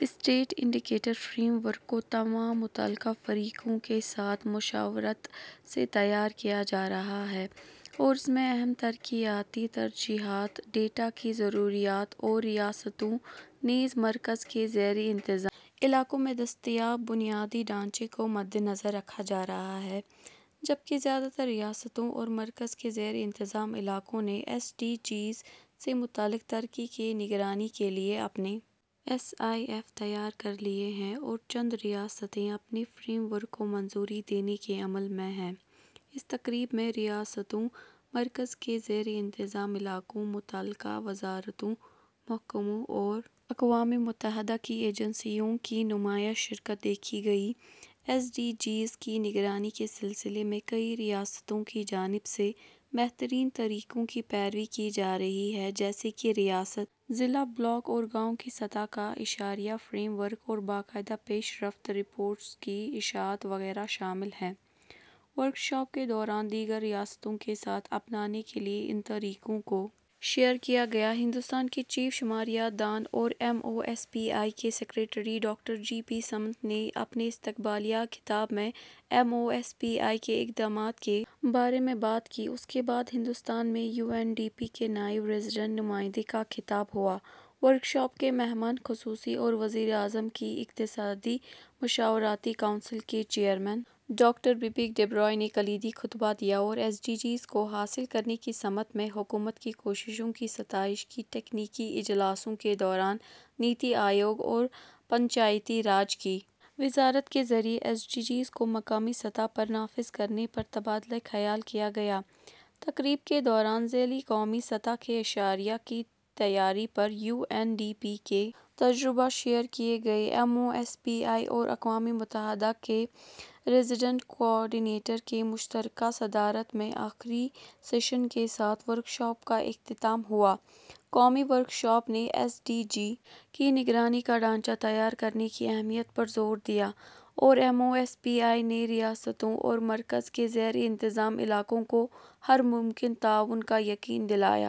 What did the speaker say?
state indicator framework کو تمام متعلقہ فریقوں کے ساتھ مشاورت سے تیار کیا جا رہا ہے اور اس میں اہم ترقیاتی ترجیحات ڈیٹا کی ضروریات اور ریاستوں نیز مرکز کے زیر انتظام علاقوں میں دستیاب بنیادی ڈھانچے کو مدنظر رکھا جا رہا ہے جبکہ زیادہ تر ریاستوں اور مرکز کے زیر انتظام علاقوں نے ایس ڈی جیز سے متعلق ترقی کی نگرانی کے لیے اپنے ایس آئی ایف تیار کر لیے ہیں اور چند ریاستیں اپنے فریم ورک کو منظوری دینے کے عمل میں ہیں اس تقریب میں ریاستوں مرکز کے زیر انتظام علاقوں متعلقہ وزارتوں محکموں اور اقوام متحدہ کی ایجنسیوں کی نمایاں شرکت دیکھی گئی ایس ڈی جیز کی نگرانی کے سلسلے میں کئی ریاستوں کی جانب سے بہترین طریقوں کی پیروی کی جا رہی ہے جیسے کہ ریاست ضلع بلاک اور گاؤں کی سطح کا اشاریہ فریم ورک اور باقاعدہ پیش رفت رپورٹس کی اشاعت وغیرہ شامل ہیں ورکشاپ کے دوران دیگر ریاستوں کے ساتھ اپنانے کے لیے ان طریقوں کو شیئر کیا گیا ہندوستان کے چیف شماریات دان اور M O S P I کے secretary doctor G P Samant نے اپنے استقبالیہ خطاب میں M O S P I کے اقدامات کے بارے میں بات کی اس کے بعد ہندوستان میں یو این ڈی پی کے نائب ریذیڈنٹ نمائندے کا خطاب ہوا ورکشاپ کے مہمان خصوصی اور وزیر اعظم کی اقتصادی مشاورتی کونسل کے چیئرمین ڈاکٹر بیبیک دیبرائے نے کلیدی خطبہ دیا اور ایس ڈی جیز کو حاصل کرنے کی سمت میں حکومت کی کوششوں کی ستائش کی تکنیکی اجلاسوں کے دوران نیتی آیوگ اور پنچایتی راج کی وزارت کے ذریعہ ایس ڈی جیز کو مقامی سطح پر نافذ کرنے پر تبادلہ خیال کیا گیا تقریب کے دوران ذیلی قومی سطح کے اشاریہ کی تیاری پر یو این ڈی پی کے تجربات شیئر کیے گئے M O S P I اور اقوام متحدہ کے ریزیڈنٹ کوآرڈینیٹر کی مشترکہ صدارت میں آخری سیشن کے ساتھ ورکشاپ کا اختتام ہوا قومی ورکشاپ نے ایس ڈی جی کی نگرانی کا ڈھانچہ تیار کرنے کی اہمیت پر زور دیا اور M O S P I نے ریاستوں اور مرکز کے زیر انتظام علاقوں کو ہر ممکن تعاون کا یقین دلایا